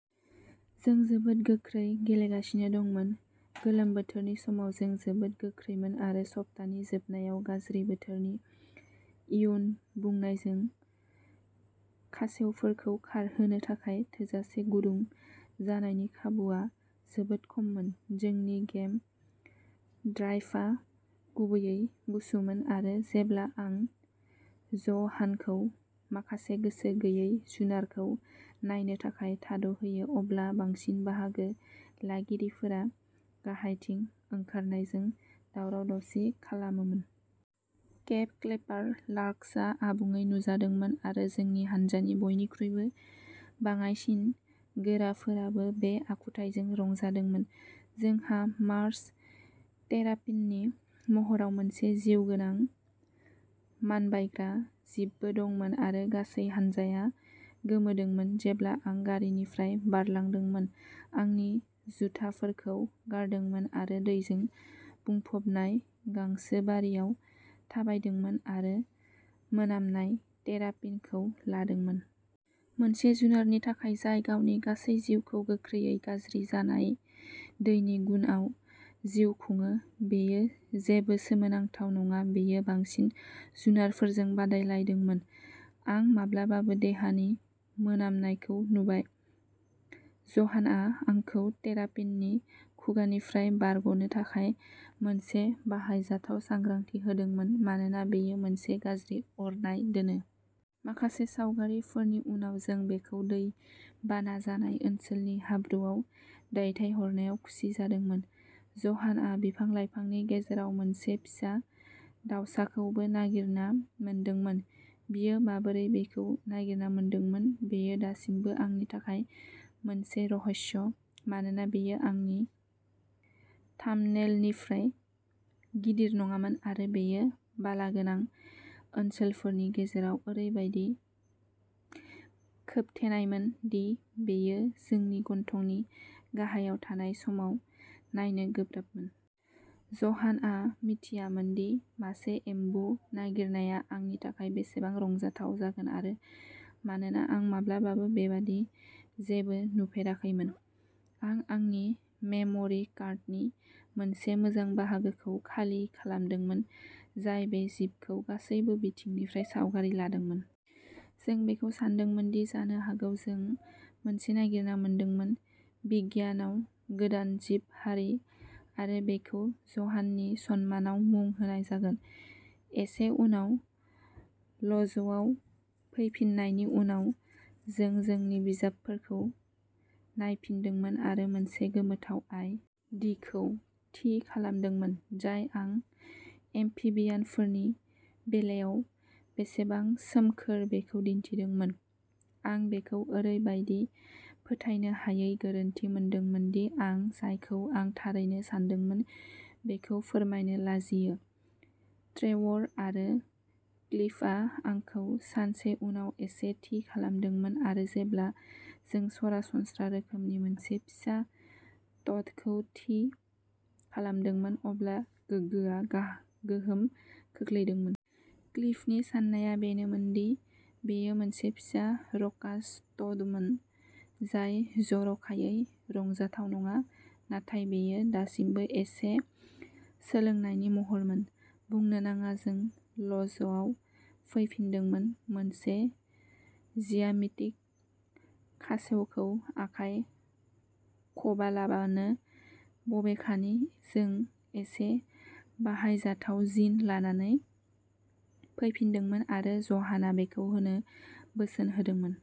जों जोबोद गोख्रै गेलेगासिनो दंमोन। गोलोम बोथोरनि समाव जों जोबोद गोख्रैमोन आरो सप्तानि जोबनायाव गाज्रि बोथोरनि इयुन बुंनायजों खासेवफोरखौ खारहोनो थाखाय थोजासे गुदुं जानायनि खाबुआ जोबोद खममोन। जोंनि गेम ड्राइभआ गुबैयै गुसुमोन आरो जेब्ला आं ज'हानखौ माखासे गोसो गैयै जुनारखौ नायनो थाखाय थाद'होयो अब्ला बांसिन बाहागो लागिरिफोरा गाहायथिं ओंखारनायजों दावराव-दावसि खालामोमोन। केप क्लेपार लार्क्सआ आबुङै नुजादोंमोन आरो जोंनि हान्जानि बयनिख्रुइबो बाङाइसिन गोराफोराबो बे आखुथाइजों रंजादोंमोन। जोंहा मार्श टेरापिननि महराव मोनसे जिउगोनां मानबायग्रा जिबबो दंमोन आरो गासै हानजाया गोमोदोंमोन जेब्ला आं गारिनिफ्राय बारलांदोंमोन, आंनि जुथाफोरखौ गारदोंमोन आरो दैजों बुंफबनाय गांसोबारियाव थाबायदोंमोन आरो मोनामनाय टेरापिनखौ लादोंमोन। मोनसे जुनारनि थाखाय जाय गावनि गासै जिउखौ गोख्रैयै गाज्रि जानाय दैनि गुनआव जिउ खुङो, बेयो जेबो सोमोनांथाव नङा बेयो बांसिन जुनारफोरजों बादायलायदोंमोन। आं माब्लाबाबो देहानि मोनामनायखौ नुबाय। ज'हानआ आंखौ टेरापिननि खुगानिफ्राय बारग'नो थाखाय मोनसे बाहायजाथाव साग्रांथि होदोंमोन, मानोना बेयो मोनसे गाज्रि अरनाय दोनो। माखासे सावगारिफोरनि उनाव जों बेखौ दै बाना जानाय ओनसोलनि हाब्रुआव दैथायहरनायाव खुसि जादोंमोन। ज'हानआ बिफां-लाइफांनि गेजेराव मोनसे फिसा दाउसाखौबो नागिरना मोनदोंमोन। बियो माबोरै बेखौ नागिरना मोनदोंमोन, बेयो दासिमबो आंनि थाखाय मोनसे रहस्य, मानोना बेयो आंनि थाम्बनेइलनिफ्राय गिदिर नङामोन आरो बेयो बालागोनां ओनसोलफोरनि गेजेराव ओरैबादि खोबथेनायमोन दि बेयो जोंनि गन्थंनि गाहायाव थानाय समाव नायनो गोब्राबमोन। ज'हानआ मिथियामोन दि मासे एम्बु नागिरनाया आंनि थाखाय बेसेबां रंजाथाव जागोन आरो मानोना आं माब्लाबाबो बेबादि जेबो नुफेराखैमोन, आं आंनि मेम'रि कार्डनि मोनसे मोजां बाहागोखौ खालि खालामदोंमोन, जाय बे जिबखौ गासैबो बिथिंनिफ्राय सावगारि लादोंमोन। जों बेखौबो सानदोंमोन दि जानो हागौ जों मोनसे नागिरना मोनदोंमोन। बिगियानाव गोदान जिब-हारि आरो बेखौ ज'हाननि सन्मानाव मुं होनाय जागोन! एसे उनाव ल'जआव फैफिननायनि उनाव जों जोंनि बिजाबफोरखौ नायफिनदोंमोन आरो मोनसे गोमोथाव आइ. डि. खौ थि खालामदोंमोन, जाय आं एम्फिबियानफोरनि बेलायाव बेसेबां सोमखोर बेखौ दिन्थिदोंमोन। आं बेखौ ओरैबायदि फोथायनो हायै गोरोन्थि मोनदोंमोन दि आं जायखौ आं थारैनो सानदोंमोन बेखौ फोरमायनो लाजियो। ट्रेवर आरो क्लिफआ आंखौ सानसे उनाव एसे थि खालामदोंमोन आरो जेब्ला जों सरासनस्रा रोखोमनि मोनसे फिसा ट'डखौ थि खालामदोंमोन, अब्ला गोगोआ गोहोम खोख्लैदोंमोन। क्लिफनि साननाया बेनोमोन दि बेयो मोनसे फिसा र'कास ट'डमोन, जाय जर'खायै रंजाथाव नङा, नाथाय बेयो दासिमबो एसे सोलोंनायनि महरमोन। बुंनो नाङा जों ल'जआव फैफिन्दोंमोन मोनसे ज्यामितिक खासेवखौ आखाइ खबालाबानो। बबेखानि, जों एसे बाहायजाथाव जिन लानानै फैफिन्दोंमोन आरो ज'हाना बेखौ होनो बोसोन होदोंमोन।